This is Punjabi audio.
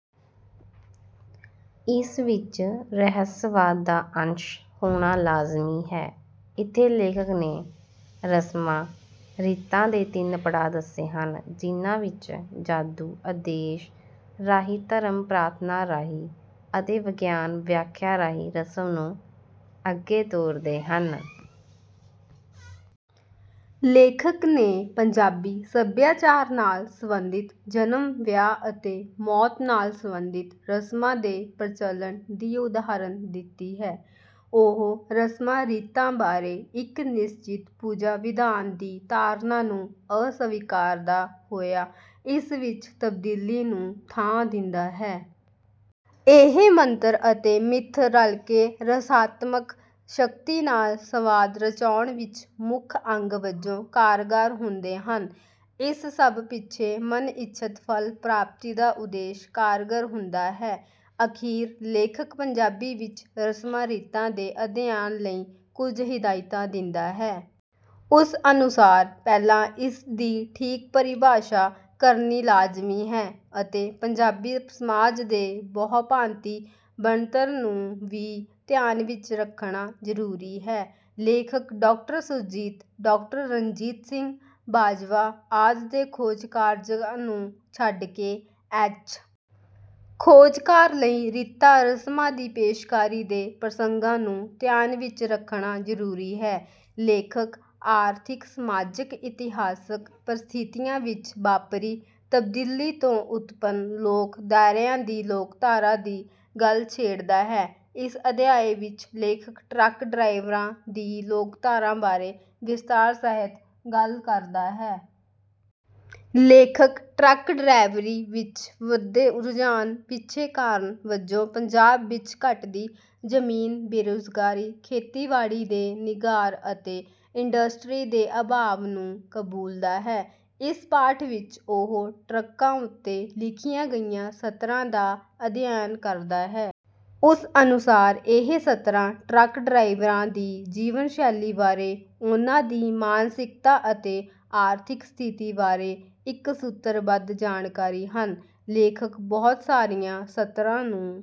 ਇਸ ਵਿੱਚ ਰਹੱਸਵਾਦ ਦਾ ਅੰਸ਼ ਹੋਣਾ ਲਾਜ਼ਮੀ ਹੈ। ਇੱਥੇ ਲੇਖਕ ਨੇ ਰਸਮਾਂ ਰੀਤਾਂ ਦੇ ਤਿੰਨ ਪੜਾਅ ਦੱਸੇ ਹਨ ਜਿਨ੍ਹਾਂ ਵਿੱਚ ਜਾਦੂ ਆਦੇਸ਼ ਰਾਹੀਂ ਧਰਮ ਪ੍ਰਾਰਥਨਾ ਰਾਹੀਂ ਅਤੇ ਵਿਗਿਆਨ ਵਿਆਖਿਆ ਰਾਹੀਂ ਰਸਮ ਨੂੰ ਅੱਗੇ ਤੋਰਦੇ ਹਨ। ਲੇਖਕ ਨੇ ਪੰਜਾਬੀ ਸੱਭਿਆਚਾਰ ਨਾਲ ਸੰਬੰਧਿਤ ਜਨਮ ਵਿਆਹ ਅਤੇ ਮੌਤ ਨਾਲ ਸਬੰਧਿਤ ਰਸਮਾਂ ਦੇ ਪ੍ਰਚਲਨ ਦੀ ਉਦਾਹਰਨ ਦਿੱਤੀ ਹੈ। ਉਹ ਰਸਮਾਂ ਰੀਤਾਂ ਬਾਰੇ ਇੱਕ ਨਿਸ਼ਚਿਤ ਪੂਜਾ ਵਿਧਾਨ ਦੀ ਧਾਰਨਾ ਨੂੰ ਅਸਵੀਕਾਰਦਾ ਹੋਇਆ ਇਸ ਵਿੱਚ ਤਬਦੀਲੀ ਨੂੰ ਥਾਂ ਦਿੰਦਾ ਹੈ। ਇਹ ਮੰਤਰ ਅਤੇ ਮਿੱਥ ਰਲਕੇ ਰਹੱਸਾਤਮਕ ਸ਼ਕਤੀ ਨਾਲ ਸੰਵਾਦ ਰਚਾਉਣ ਵਿੱਚ ਮੁੱਖ ਅੰਗ ਵਜੋਂ ਕਾਰਗਾਰ ਹੁੰਦੇ ਹਨ। ਇਸ ਸਭ ਪਿੱਛੇ ਮਨਇੱਛਤ ਫਲ ਪ੍ਰਾਪਤੀ ਦਾ ਉਦੇਸ਼ ਕਾਰਗਰ ਹੁੰਦਾ ਹੈ। ਅਖੀਰ ਲੇਖਕ ਪੰਜਾਬੀ ਵਿੱਚ ਰਸਮਾਂ ਰੀਤਾਂ ਦੇ ਅਧਿਐਨ ਲਈ ਕੁਝ ਹਿਦਾਇਤਾਂ ਦਿੰਦਾ ਹੈ। ਉਸ ਅਨੁਸਾਰ ਪਹਿਲਾਂ ਇਸ ਦੀ ਠੀਕ ਪਰਿਭਾਸ਼ਾ ਕਰਨੀ ਲਾਜ਼ਮੀ ਹੈ ਅਤੇ ਪੰਜਾਬੀ ਸਮਾਜ ਦੇ ਬਹੁਭਾਂਤੀ ਬਣਤਰ ਨੂੰ ਵੀ ਧਿਆਨ ਵਿੱਚ ਰੱਖਣਾ ਜ਼ਰੂਰੀ ਹੈ। ਲੇਖਕ ਡਾਕਟਰ ਸੁਰਜੀਤ ਡਾਕਟਰ ਰਣਜੀਤ ਸਿੰਘ ਬਾਜਵਾ ਆਦਿ ਦੇ ਖੋਜ ਕਾਰਜਾਂ ਨੂੰ ਛੱਡਕੇ ਐੱਚ. ਖੋਜਕਾਰ ਲਈ ਰੀਤਾਂ ਰਸਮਾਂ ਦੀ ਪੇਸ਼ਕਾਰੀ ਦੇ ਪ੍ਰਸੰਗਾਂ ਨੂੰ ਧਿਆਨ ਵਿੱਚ ਰੱਖਣਾ ਜ਼ਰੂਰੀ ਹੈ। ਲੇਖਕ ਆਰਥਿਕ ਸਮਾਜਕ ਇਤਿਹਾਸਕ ਪਰਿਸਥਿਤੀਆਂ ਵਿੱਚ ਵਾਪਰੀ ਤਬਦੀਲੀ ਤੋਂ ਉਤਪੰਨ ਲੋਕ ਦਾਇਰਿਆਂ ਦੀ ਲੋਕਧਾਰਾ ਦੀ ਗੱਲ ਛੇੜਦਾ ਹੈ। ਇਸ ਅਧਿਆਇ ਵਿੱਚ ਲੇਖਕ ਟਰੱਕ ਡਰਾਈਵਰਾਂ ਦੀ ਲੋਕਧਾਰਾ ਬਾਰੇ ਵਿਸਤਾਰ ਸਹਿਤ ਗੱਲ ਕਰਦਾ ਹੈ। ਲੇਖਕ ਟਰੱਕ ਡਰਾਈਵਰੀ ਵਿੱਚ ਵਧਦੇ ਰੁਝਾਨ ਪਿੱਛੇ ਕਾਰਨ ਵਜੋਂ ਪੰਜਾਬ ਵਿੱਚ ਘਟਦੀ ਜ਼ਮੀਨ ਬੇਰੋਜ਼ਗਾਰੀ ਖੇਤੀਬਾੜੀ ਦੇ ਨਿਘਾਰ ਅਤੇ ਇੰਡਸਟਰੀ ਦੇ ਅਭਾਵ ਨੂੰ ਕਬੂਲਦਾ ਹੈ। ਇਸ ਪਾਠ ਵਿੱਚ ਉਹ ਟਰੱਕਾਂ ਉੱਤੇ ਲਿਖੀਆਂ ਗਈਆਂ ਸਤਰਾਂ ਦਾ ਅਧਿਐਨ ਕਰਦਾ ਹੈ। ਉਸ ਅਨੁਸਾਰ ਇਹ ਸਤਰਾਂ ਟਰੱਕ ਡਰਾਈਵਰਾਂ ਦੀ ਜੀਵਨ ਸ਼ੈਲੀ ਬਾਰੇ ਉਨ੍ਹਾਂ ਦੀ ਮਾਨਸਿਕਤਾ ਅਤੇ ਆਰਥਿਕ ਸਥਿਤੀ ਬਾਰੇ ਇੱਕ ਸੂਤਰ ਬੱਧ ਜਾਣਕਾਰੀ ਹਨ। ਲੇਖਕ ਬਹੁਤ ਸਾਰੀਆਂ ਸਤਰਾਂ ਨੂੰ